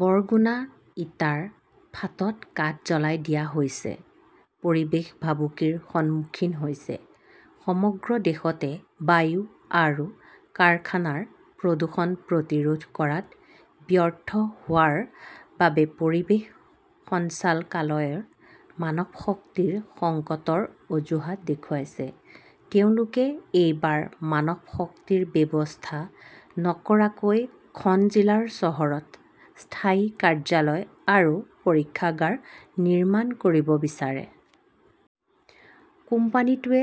বৰগুনা ইটাৰ ফাঁটত কাঠ জ্বলাই দিয়া হৈছে, পৰিৱেশ ভাবুকিৰ সন্মুখীন হৈছে সমগ্ৰ দেশতে বায়ু আৰু কাৰখানাৰ প্ৰদূষণ প্ৰতিৰোধ কৰাত ব্যৰ্থ হোৱাৰ বাবে পৰিৱেশ সঞ্চালকালয়ই মানৱশক্তিৰ সংকটৰ অজুহাত দেখুৱাইছে। তেওঁলোকে এইবাৰ মানৱশক্তিৰ ব্যৱস্থা নকৰাকৈ খন জিলা চহৰত স্থায়ী কাৰ্যালয় আৰু পৰীক্ষাগাৰ নিৰ্মাণ কৰিব বিচাৰে। কোম্পানীটোৱে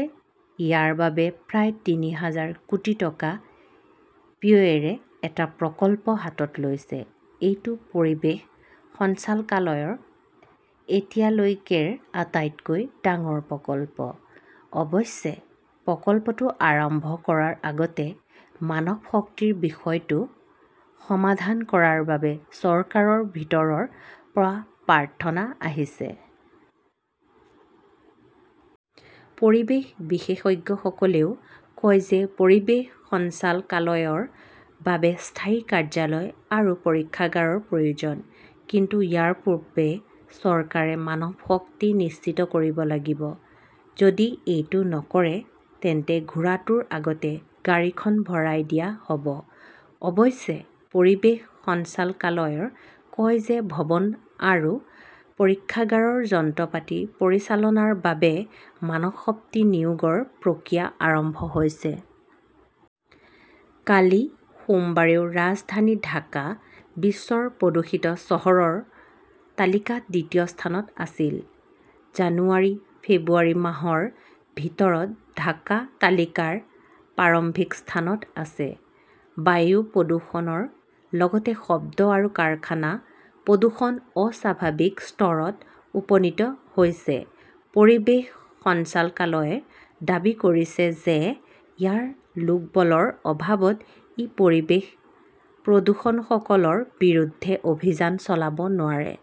ইয়াৰ বাবে প্ৰায় তিনি হাজাৰ কোটি টকা ব্যয়েৰে এটা প্ৰকল্প হাতত লৈছে। এইটো পৰিৱেশ সঞ্চালকালয়ৰ এতিয়ালৈকেৰ আটাইতকৈ ডাঙৰ প্ৰকল্প। অৱশ্যে, প্ৰকল্পটো আৰম্ভ কৰাৰ আগতে মানৱশক্তিৰ বিষয়টো সমাধান কৰাৰ বাবে চৰকাৰৰ ভিতৰৰ পৰা প্ৰাৰ্থনা আহিছে। পৰিৱেশ বিশেষজ্ঞসকলেও কয় যে পৰিৱেশ সঞ্চালকালয়ৰ বাবে স্থায়ী কাৰ্যালয় আৰু পৰীক্ষাগাৰৰ প্ৰয়োজন। কিন্তু ইয়াৰ পূৰ্বে চৰকাৰে মানৱশক্তি নিশ্চিত কৰিব লাগিব। যদি এইটো নকৰে তেন্তে ঘোঁৰাটোৰ আগতে গাড়ীখন ভৰাই দিয়া হ 'ব। অৱশ্যে পৰিৱেশ সঞ্চালকালয়ই কয় যে ভৱন আৰু পৰীক্ষাগাৰৰ যন্ত্ৰপাতি পৰিচালনাৰ বাবে মানৱশক্তি নিয়োগৰ প্ৰক্ৰিয়া আৰম্ভ হৈছে। কালি সোমবাৰেও ৰাজধানী ঢাকা বিশ্বৰ প্ৰদূষিত চহৰৰ তালিকাত দ্বিতীয় স্থানত আছিল। জানুৱাৰী-ফেব্ৰুৱাৰী মাহৰ ভিতৰত ঢাকা তালিকাৰ প্ৰাৰম্ভিক স্থানত আছে। বায়ু প্ৰদূষণৰ লগতে শব্দ আৰু কাৰখানা প্ৰদূষণ অস্বাভাৱিক স্তৰত উপনীত হৈছে। পৰিৱেশ সঞ্চালকালয়ই দাবী কৰিছে যে ইয়াৰ লোকবলৰ অভাৱত ই পৰিৱেশ প্ৰদূষকসকলৰ বিৰুদ্ধে অভিযান চলাব নোৱাৰে।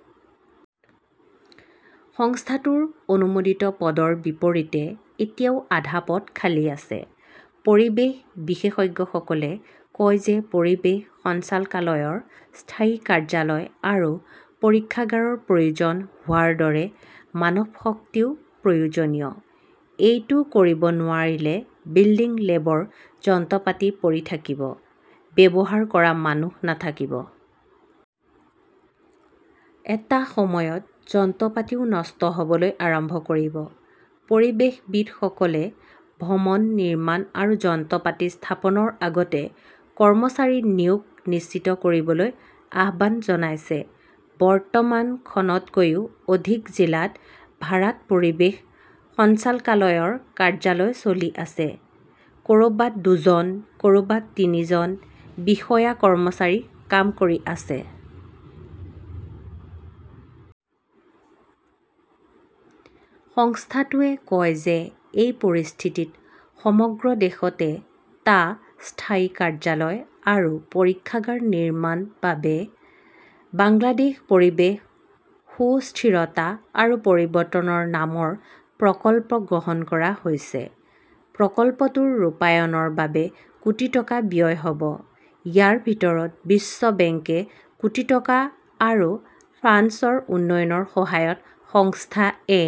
সংস্থাটোৰ অনুমোদিত পদৰ বিপৰীতে এতিয়াও আধা পদ খালী আছে। পৰিৱেশ বিশেষজ্ঞসকলে কয় যে পৰিৱেশ সঞ্চালকালয়ৰ স্থায়ী কাৰ্যালয় আৰু পৰীক্ষাগাৰৰ প্ৰয়োজন হোৱাৰ দৰে মানৱশক্তিও প্ৰয়োজনীয়। এইটো কৰিব নোৱাৰিলে বিল্ডিং-লেবৰ যন্ত্ৰপাতি পৰি থাকিব, ব্যৱহাৰ কৰা মানুহ নাথাকিব। এটা সময়ত যন্ত্ৰপাতিও নষ্ট হ "বলৈ আৰম্ভ কৰিব। পৰিৱেশবিদসকলে ভৱন নিৰ্মাণ আৰু যন্ত্ৰপাতি স্থাপনৰ আগতে কৰ্মচাৰী নিয়োগ নিশ্চিত কৰিবলৈ আহ্বান জনাইছে। বৰ্তমান খনতকৈও অধিক জিলাত ভাড়াত পৰিৱেশ সঞ্চালকালয়ৰ কাৰ্যালয় চলি আছে। ক "ৰবাত দুজন, ক" ৰবাত তিনিজন বিষয়া-কৰ্মচাৰী কাম কৰি আছে। সংস্থাটোৱে কয় যে এই পৰিস্থিতিত সমগ্ৰ দেশতে টা স্থায়ী কাৰ্যালয় আৰু পৰীক্ষাগাৰ নিৰ্মাণৰ বাবে বাংলাদেশ পৰিৱেশ সুস্থিৰতা আৰু পৰিৱৰ্তন নামৰ প্ৰকল্প গ্ৰহণ কৰা হৈছে। প্ৰকল্পটোৰ ৰূপায়ণৰ বাবে কোটি টকা ব্যয় হ 'ব। ইয়াৰ ভিতৰত বিশ্ব বেংকে কোটি টকা আৰু ফ্ৰান্সৰ উন্নয়ন সহায়ক সংস্থা এ.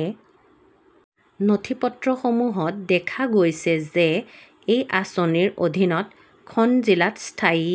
নথিপত্ৰসমূহত দেখা গৈছে যে এই আঁচনিৰ অধীনত খন জিলাত স্থায়ী